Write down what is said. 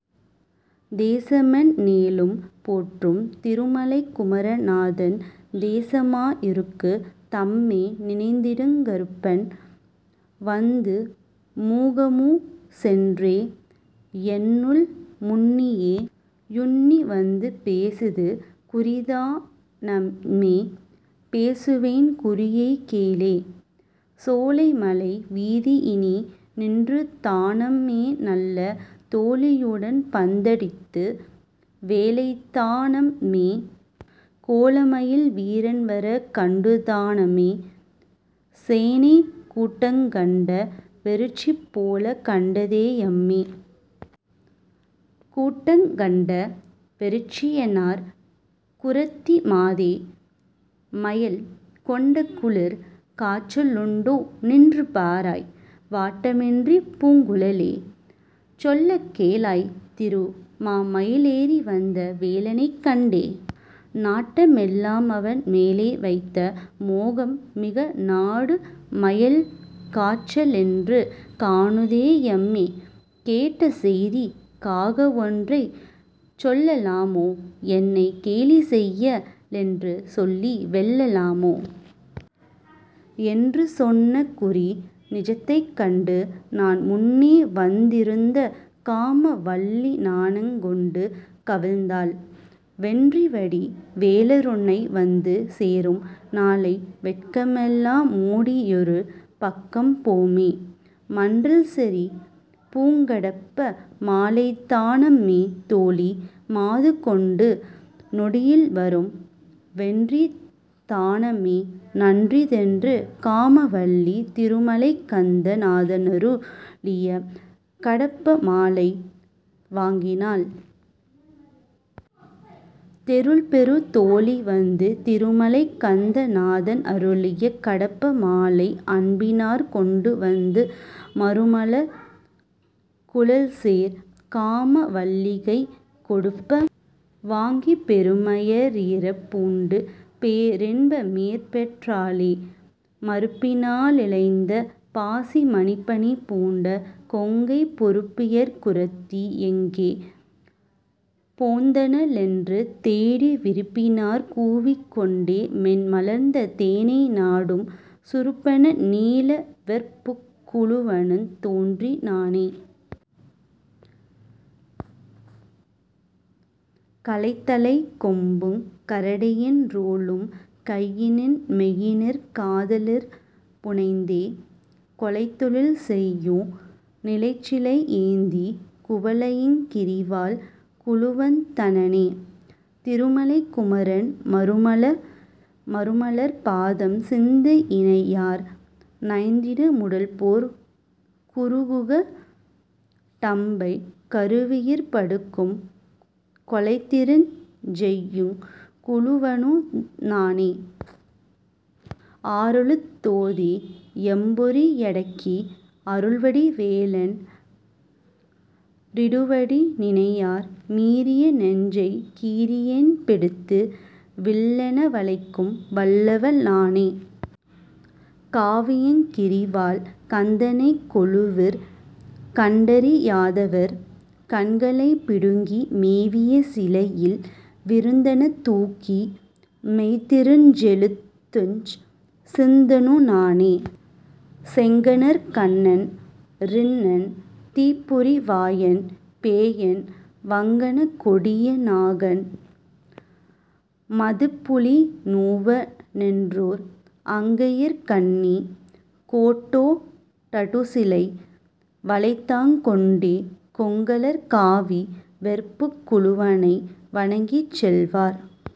தேசமெண் ணேழும் போற்றும் திருமலைக் குமர நாதன் தேசமா யிருக்கு தம்மே நினைத்திடுங் கறுப்பன் வந்து மூகமூ சென்றே யென்னுள் முன்னியே யுன்னி வந்து பேசுது குறிதா னம்மே பேசுவேன் குறியைக் கேளே..... சோலைமலை வீதியினீ நின்றுதா னம்மே நல்ல। தோழியுடன் பந்தடித்த வேளைதா னம்மே கோலமயில் வீரன்வரக் கண்டுதா னம்மே சேனைக் கூட்டங்கண்ட வெருட்சிபோலக் கண்டதே யம்மே. கூட்டங்கண்ட வெருட்சியென்றார் குறத்தி மாதே மயல் கொண்டகுளிர் காச்சலுண்டோ நின்று பாராய் வாட்டமின்றிப் பூங்குழலே சொல்லக் கேளாய் திரு மாமயிலி லேறிவந்த வேலனைக் கண்டே. நாட்டமெல்லா மவன்மேலே வைத்த மோகம் மிக நாடுமயல் காச்சலென்று காணுதே யம்மே கேட்டசெய்திக் காகவொன்றைச் சொல்லலாமோ என்னைக் கேலிசெய்ய லென்றுசொல்லி வெல்ல லாமோ. என்று சொன்ன குறிநிசத்தைக் கண்டுநான் முன்னே வந் திருந்தகாம வல்லிநாணங் கொண்டு கவிழ்ந்தாள் வென்றிவடி வேலருன்னை வந்து சேரும் நாளை வெட்கமெல்லா மோடியொரு பக்கம் போமே. மன்றல்செறி பூங்கடப்ப மாலைதா னம்மே தோழி மாதுகொண்டு நொடியில்வரும் வென்றிதா னம்மே நன்றிதென்று காமவல்லி திருமலைக் கந்த நாதனரு ளியகடப்ப மாலை வாங்கினாள்..... தெருள்பெறு தோழி வந்து திருமலைக் கந்த நாதன் அருளிய கடப்ப மாலை அன்பினாற் கொண்டு வந்து மருமலர்க் குழல்சேர் காம வல்லிகைக் கொடுப்ப வாங்கி பெருமய றீரப் பூண்டு பேரின்ப மேபெற் றாளே..... மருப்பினா லிழைத்த பாசி மணிப்பணி பூண்ட கொங்கைப் பொருப்புயர் குறத்தி யெங்கே போந்தன ளென்று தேடி விருப்பினாற் கூவிக் கொண்டே மென்மலர்த் தேனை நாடும் சுருப்பென நீல வெற்புக் குளுவனுந் தோன்றி னானே..... கலைத்தலைக் கொம்புங் கரடியின் றோலும் கையினின் மெய்யினிற் காதலிற் புனைந்தே கொலைத்தொழில் செய்யு நிலைச்சிலை யேந்திக் குவளையங் கிரிவாழ் குளுவன்வந் தனனே. திருமலைக் குமரன் மருமலர்ப் பாதம் சிந்தையி னினையார் நைந்திடு முடல்போற் குருகுக டம்மைக் கருவியிற் படுக்கும் கொலைத்திறஞ் செய்யுங் குளுவனு நானே. ஆறெழுத் தோதி யைம்பொறி யடக்கி அருள்வடி வேலன் றிருவடி நினையார் மீறிய நெஞ்சைக் கீறியென் பெடுத்து வில்லென வளைக்கும் வல்லவ னானே. காவியங் கிரிவாழ் கந்தனைக் கொலுவிற் கண்டறி யாதவர் கண்களைப் பிடுங்கி மேவிய சிலையில் விருதெனத் தூக்கி மெய்த்திறஞ் செலுத்துஞ் சித்தனு நானே...... செங்கணற் கண்ணன் றிண்ணன் தீப்பொறி வாயன் பேயன் வங்கணக் கொடிய னாகன் மதிப்புலி நூவ னென்றோர் அங்கையிற் கண்ணி கோட்டோ டடுசிலை வலைதாங் கொண்டே கொங்கலர் காவி வெற்புக் குளுவனை வணங்கிச் செல்வார்.....